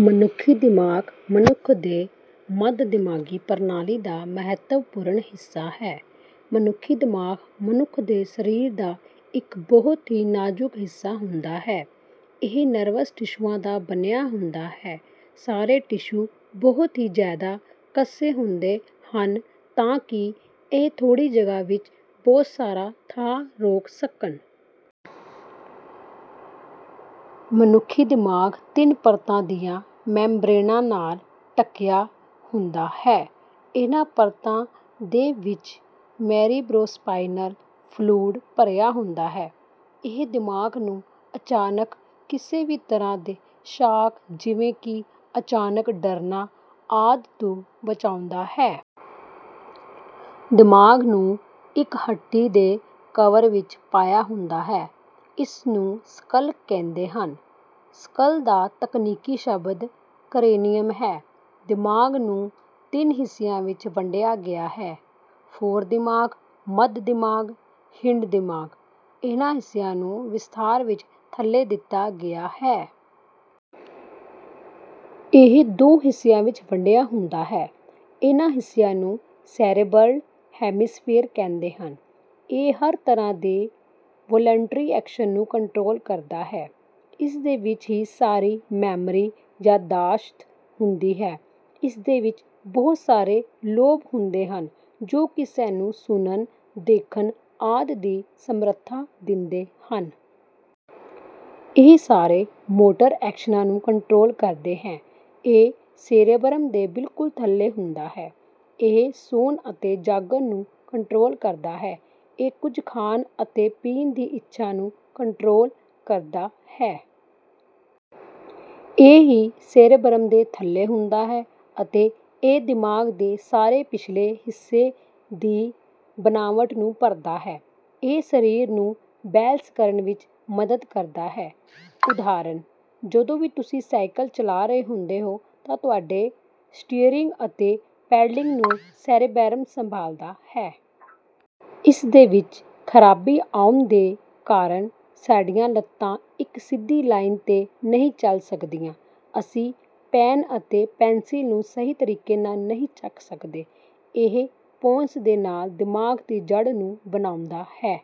ਮਨੁੱਖੀ ਦਿਮਾਗ ਮਨੁੱਖ ਦੇ ਮੱਧ ਦਿਮਾਗੀ ਪ੍ਰਣਾਲੀ ਦਾ ਮਹਤਵਪੂਰਣ ਹਿੱਸਾ ਹੈ। ਮਨੁੱਖੀ ਦਿਮਾਗ ਮਨੁਖ ਦੇ ਸਰੀਰ ਦਾ ਇੱਕ ਬਹੁਤ ਹੀ ਨਾਜ਼ੁਕ ਹਿੱਸਾ ਹੁੰਦਾ ਹੈ। ਇਹ ਨਰਵਸ ਟਿਸ਼ੂਆਂ ਦਾ ਬਣਿਆ ਹੁੰਦਾ ਹੈ। ਸਾਰੇ ਟਿਸ਼ੂ ਬਹੁਤ ਹੀ ਜਿਆਦਾ ਕਸੇ ਹੁੰਦੇ ਹਨ ਤਾਂ ਕਿ ਇਹ ਥੋੜੀ ਜਗਹ ਵਿੱਚ ਬਹੁਤ ਸਾਰਾ ਥਾਂ ਰੋਕ ਸਕਣ. ਮਨੁੱਖੀ ਦਿਮਾਗ ਤਿੰਨ ਪਰਤਾਂ ਦੀਆਂ ਮੈਮਬ੍ਰੇਨਾਂ ਨਾਲ ਢਕਿਆ ਹੁੰਦਾ ਹੈ। ਇਹਨਾਂ ਪਰਤਾਂ ਦੇ ਵਿੱਚ ਮੇਰੀਬਰੋਸਪਾਇਨਲ ਫਲੂਡ ਭਰਿਆ ਹੁੰਦਾ ਹੈ। ਇਹ ਦਿਮਾਗ ਨੂੰ ਅਚਾਨਕ ਕਿਸੇ ਵੀ ਤਰਾਂ ਦੇ ਸ਼ਾਕ ਜਿਵੇਂ ਕਿ ਅਚਾਨਕ ਡਰਨਾ, ਆਦਿ ਤੋਂ ਬਚਾਉਂਦਾ ਹੈ। ਦਿਮਾਗ ਨੂੰ ਇੱਕ ਹੱਡੀ ਦੇ ਕਵਰ ਵਿੱਚ ਪਾਇਆ ਹੁੰਦਾ ਹੈ, ਇਸਨੂੰ ਸਕੱਲ ਕਹਿੰਦੇਂ ਹਨ। ਸਕੱਲ ਦਾ ਤਕਨੀਕੀ ਸ਼ਬਦ ਕਰੇਨੀਅਮ ਹੈ। ਦਿਮਾਗ ਨੂੰ ਤਿੰਨ ਹਿੱਸਿਆਂ ਵਿੱਚ ਵੰਡਿਆ ਗਿਆ ਹੈ – ਫ਼ੋਰਦਿਮਾਗ, ਮੱਧਦਿਮਾਗ, ਹਿੰਡਦਿਮਾਗ. ਇਹਨਾਂ ਹਿੱਸਿਆਂ ਨੂੰ ਵਿਸਥਾਰ ਵਿੱਚ ਥੱਲੇ ਦਿੱਤਾ ਗਿਆ ਹੈ। ਇਹ ਦੋ ਹਿੱਸਿਆਂ ਵਿੱਚ ਵੰਡਿਆ ਹੁੰਦਾ ਹੈ। ਇਹਨਾਂ ਹਿੱਸਿਆਂ ਨੂੰ ਸੇਰੇਬਰਲ ਹੈਮੀਸਫੇਰ ਕਹਿੰਦੇ ਹਨ। ਇਹ ਹਰ ਤਰਾਂ ਦੇ ਵੋਲਲੰਟਰੀ ਐਕਸ਼ਨ ਨੂੰ ਕੰਟ੍ਰੋਲ ਕਰਦਾ ਹੈ। ਇਸਦੇ ਵਿੱਚ ਹੀ ਸਾਰੀ ਮੈਮਰੀ/ ਯਾਦਾਸ਼ਤ ਹੁੰਦੀ ਹੈ। ਇਸਦੇ ਵਿੱਚ ਬਹੁਤ ਸਾਰੇ ਲੋਬ ਹੁੰਦੇ ਹਨ ਜੋ ਕਿ ਸਾਨੂੰ ਸੁਣਨ, ਦੇਖਣ, ਆਦਿ ਦੀ ਸਮਰਥਾ ਦਿੰਦੇ ਹਨ। ਇਹ ਸਾਰੇ ਮੋਟਰ ਐਕਸ਼ਨਾਂ ਨੂੰ ਕੰਟ੍ਰੋਲ ਕਰਦੇ ਹੈ। ਇਹ ਸੇਰੇਬਰਮ ਦੇ ਬਿਲਕੁਲ ਥੱਲੇ ਹੁੰਦਾ ਹੈ। ਇਹ ਸੌਂਣ ਅਤੇ ਜਾਗਣ ਨੂੰ ਕੰਟ੍ਰੋਲ ਕਰਦਾ ਹੈ। ਇਹ ਕੁੱਝ ਖਾਣ ਅਤੇ ਪੀਣ ਦੀ ਇੱਛਾ ਨੂੰ ਕੰਟ੍ਰੋਲ ਕਰਦਾ ਹੈ। ਇਹ ਵੀ ਸੇਰੇਬਰਮ ਦੇ ਥੱਲੇ ਹੁੰਦਾ ਹੈ ਅਤੇ ਇਹ ਦਿਮਾਗ ਦੇ ਸਾਰੇ ਪਿਛਲੇ ਹਿੱਸੇ ਦੀ ਬਨਾਵਟ ਨੂੰ ਭਰਦਾ ਹੈ। ਇਹ ਸਰੀਰ ਨੂੰ ਬੈਲਸ ਕਰਨ ਵਿੱਚ ਮਦਦ ਕਰਦਾ ਹੈ। ਉਦਹਾਰਣ: ਜਦੋਂ ਵੀ ਤੁਸੀਂ ਸਾਈਕਲ ਚਲਾ ਰਹੇ ਹੁੰਦੇ ਹੋ, ਤਾਂ ਤੁਹਾਡੇ ਸਟੀਅਰਰਿੰਗ ਅਤੇ ਪੈਡਲਿੰਗ ਨੂੰ ਸੇਰੇਬੈਰਮ ਸੰਭਾਲਦਾ ਹੈ। ਇਸਦੇ ਵਿੱਚ ਖਰਾਬੀ ਆਉਣ ਦੇ ਕਾਰਨ ਸਾਡੀਆਂ ਲੱਤਾਂ ਇੱਕ ਸਿੱਧੀ ਲਾਇਨ 'ਤੇ ਨਹੀਂ ਚੱਲ ਸਕਦੀਆਂ। ਅਸੀਂ ਪੈਨ ਅਤੇ ਪੈਨਸਿਲ ਨੂੰ ਸਹੀ ਤਰੀਕੇ ਨਾਲ ਨਹੀਂ ਚੱਕ ਸਕਦੇ। ਇਹ ਪੋਨਸ ਦੇ ਨਾਲ ਦਿਮਾਗ ਦੀ ਜੜ੍ਹ ਨੂੰ ਬਣਾਉਂਦਾ ਹੈ।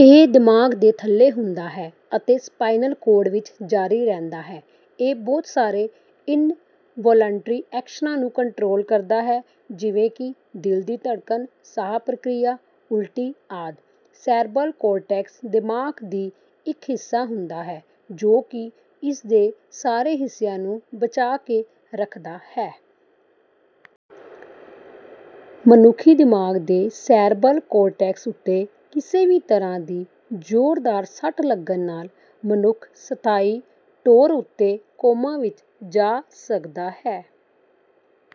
ਇਹ ਦਿਮਾਗ ਦੇ ਥੱਲੇ ਹੁੰਦਾ ਹੈ ਅਤੇ ਸਪਾਈਨਲ ਕੋਰਡ ਵਿੱਚ ਜਾਰੀ ਰਹਿੰਦਾ ਹੈ। ਇਹ ਬਹੁਤ ਸਾਰੇ ਇਨਵੋਲੰਟਰੀ ਐਕਸ਼ਨਾਂ ਨੂੰ ਕੰਟ੍ਰੋਲ ਕਰਦਾ ਹੈ ਜਿਵੇਂ ਕਿ ਦਿਲ ਦੀ ਧੜਕਨ, ਸਾਹ ਪ੍ਰਕਿਰਿਆ, ਉਲਟੀ, ਆਦਿ। ਸੈਰਬਰਲ ਕੋਰਟੈਕਸ ਦਿਮਾਗ ਦੀ ਇੱਕ ਹਿੱਸਾ ਹੁੰਦਾ ਹੈ ਜੋ ਕੀ ਇਸਦੇ ਸਾਰੇ ਹਿੱਸਿਆਂ ਨੂੰ ਬਚਾ ਕੇ ਰੱਖਦਾ ਹੈ। ਮਨੁੱਖੀ ਦਿਮਾਗ ਦੇ ਸੈਰਬਰਲ ਕੋਰਟੈਕਸ ਉੱਤੇ ਕਿਸੇ ਵੀ ਤਰਾਂ ਦੀ ਜੋਰਦਾਰ ਸੱਟ ਲੱਗਣ ਨਾਲ ਮਨੁੱਖ ਸਥਾਈ ਤੌਰ ਉੱਤੇ ਕੋਮਾ ਵਿੱਚ ਜਾ ਸਕਦਾ ਹੈ।